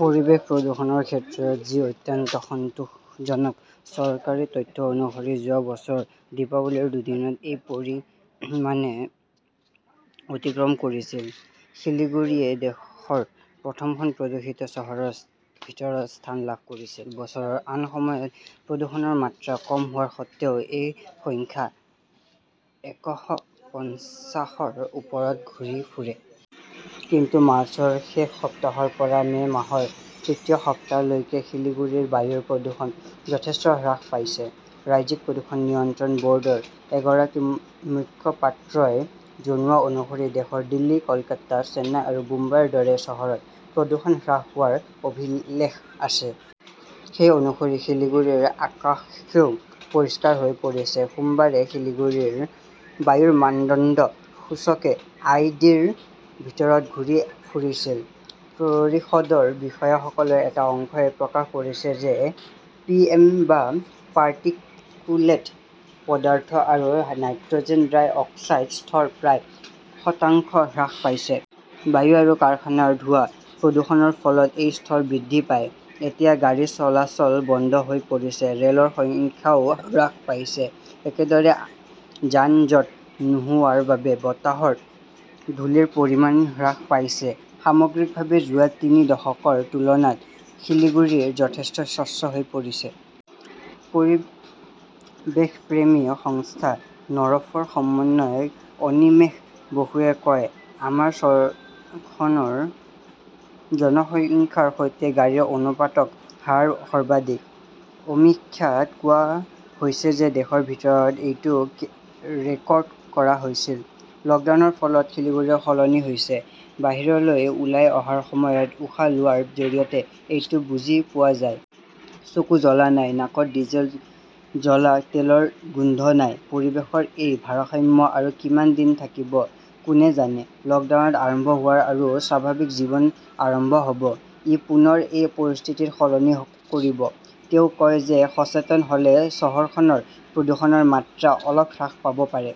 পৰিৱেশ প্ৰদূষণৰ ক্ষেত্ৰত যি অত্যন্ত সন্তোষজনক। চৰকাৰী তথ্য অনুসৰি যোৱা বছৰ দীপাৱলীৰ দুদিনত এই পৰিমাণে অতিক্ৰম কৰিছিল। শিলিগুৰীয়ে দেশৰ প্ৰথম খন প্ৰদূষিত চহৰৰ ভিতৰত স্থান লাভ কৰিছিল। বছৰৰ আন সময়ত প্ৰদূষণৰ মাত্ৰা কম হোৱাৰ স্বত্ত্বেও এই সংখ্যা একশ পঞ্চাশৰ ওপৰত ঘূৰি ফুৰে। কিন্তু মাৰ্চৰ শেষ সপ্তাহৰ পৰা মে 'মাহৰ তৃতীয় সপ্তাহলৈকে শিলিগুৰিৰ বায়ুৰ প্ৰদূষণ যথেষ্ট হ্ৰাস পাইছে। ৰাজ্যিক প্ৰদূষণ নিয়ন্ত্ৰণ বৰ্ডৰ এগৰাকী মুখপাত্ৰই জনোৱা অনুসৰি দেশৰ দিল্লী, কলকাতা, চেন্নাই বা মুম্বাইৰ দৰে চহৰত প্ৰদূষণ হ্ৰাস হোৱাৰ অভিলেখ আছে। সেই অনুসৰি শিলিগুৰিৰ আকাশও পৰিষ্কাৰ হৈ পৰিছে। সোমবাৰে শিলিগুৰিৰ বায়ুৰ মানদণ্ড সূচকে আই. ডি. ৰ ভিতৰত ঘূৰি ফুৰিছিল। পৰিষদৰ বিষয়াসকলৰ এটা অংশই প্ৰকাশ কৰিছে যে পিএম বা পাৰ্টিকুলেট পদাৰ্থ আৰু নাইট্ৰজেন ডাই অক্সাইডৰ স্তৰ প্ৰায় শতাংশ হ্ৰাস পাইছে। বায়ু বা কাৰখানাৰ ধোঁৱা, প্ৰদূষণৰ ফলত এই স্তৰ বৃদ্ধি পায়। এতিয়া গাড়ী চলাচল বন্ধ হৈ পৰিছে, ৰেলৰ সংখ্যাও হ্ৰাস পাইছে। একেদৰে, যান-জঁট নোহোৱাৰ বাবে বতাহত ধূলিৰ পৰিমাণ হ্ৰাস পাইছে। সামগ্ৰিকভাৱে, যোৱা তিনি দশকৰ তুলনাত শিলিগুৰি যথেষ্ট স্বচ্ছ হৈ পৰিছে। পৰিৱেশপ্ৰেমী সংস্থা নাফৰ সমন্বয়ক অনিমেশ বসুৱে কয়, আমাৰ চহৰখনৰ জনসংখ্যাৰ সৈতে গাড়ীৰ অনুপাতিক হাৰ সৰ্বাধিক। সমীক্ষাত কোৱা হৈছে যে দেশৰ ভিতৰত এইটো ৰেকৰ্ড কৰা হৈছিল। লকডাউনৰ ফলত শিলিগুৰি সলনি হৈছে। বাহিৰলৈ ওলাই অহাৰ সময়ত উশাহ লোৱাৰ জৰিয়তে এইটো বুজি পোৱা যায়। চকু জ্বলা নাই, নাকত ডিজেল জ্বলা তেলৰ গোন্ধ নাই। পৰিৱেশৰ এই ভাৰসাম্য আৰু কিমান দিন থাকিব কোনে জানে! লকডাউন আৰম্ভ হব আৰু স্বাভাৱিক জীৱন আৰম্ভ হব। ই পুনৰ এই পৰিস্থিতি সলনি কৰিব। তেওঁ কয় যে সচেতন হলে চহৰখনৰ প্ৰদূষণৰ মাত্ৰা অলপ হ্ৰাস পাব পাৰে।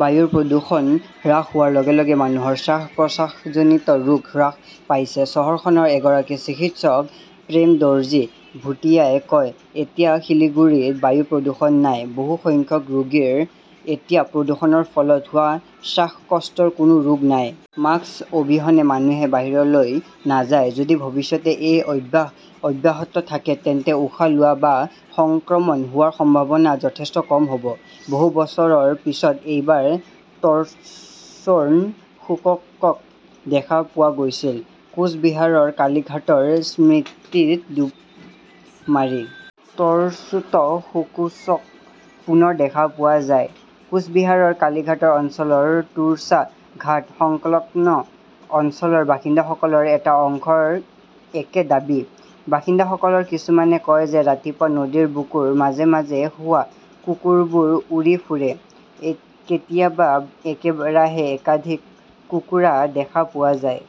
বায়ুৰ প্ৰদূষণ হ্ৰাস হোৱাৰ লগে লগে মানুহৰ শ্বাস-প্ৰশ্বাসজনিত ৰোগ হ্ৰাস পাইছে। চহৰখনৰ এগৰাকী চিকিৎসক প্ৰেম দৰ্জী ভূটিয়াই কয়, এতিয়া শিলিগুড়িত বায়ু প্ৰদূষণ নাই। বহু সংখ্যক ৰোগীৰ এতিয়া প্ৰদূষণৰ ফলত হোৱা শ্বাসকষ্টৰ কোনো ৰোগ নাই। মাস্ক অবিহনে মানুহে বাহিৰলৈ নাযায়। যদি ভৱিষ্যতে এই অভ্যাস অব্যাহত থাকে, তেন্তে উশাহ লোৱা বা সংক্ৰমণ হোৱাৰ সম্ভাৱনা যথেষ্ট কম হব। বহু বছৰৰ পিছত এইবাৰ তোৰ্চান শুশুকক দেখা পোৱা গৈছিল, কোচ বিহাৰৰ কালিঘাটৰ স্মৃতিত ডুব মাৰি। তোৰ্চাত শুছুকক পুনৰ দেখা পোৱা যায়। কোচ বিহাৰৰ কালীঘাট অঞ্চলৰ তোৰছা ঘাট সংকলগ্ন অঞ্চলৰ বাসিন্দাসকলৰ এটা অংশৰ একে দাবী। বাসিন্দাসকলৰ কিছুমানে কয় যে ৰাতিপুৱা নদীৰ বুকুৰ মাজে মাজে শুৱা কুকুৰবোৰ উৰি ফুৰে। কেতিয়াবা একেৰাহে একাধিক কুকুৰা দেখা পোৱা যায়।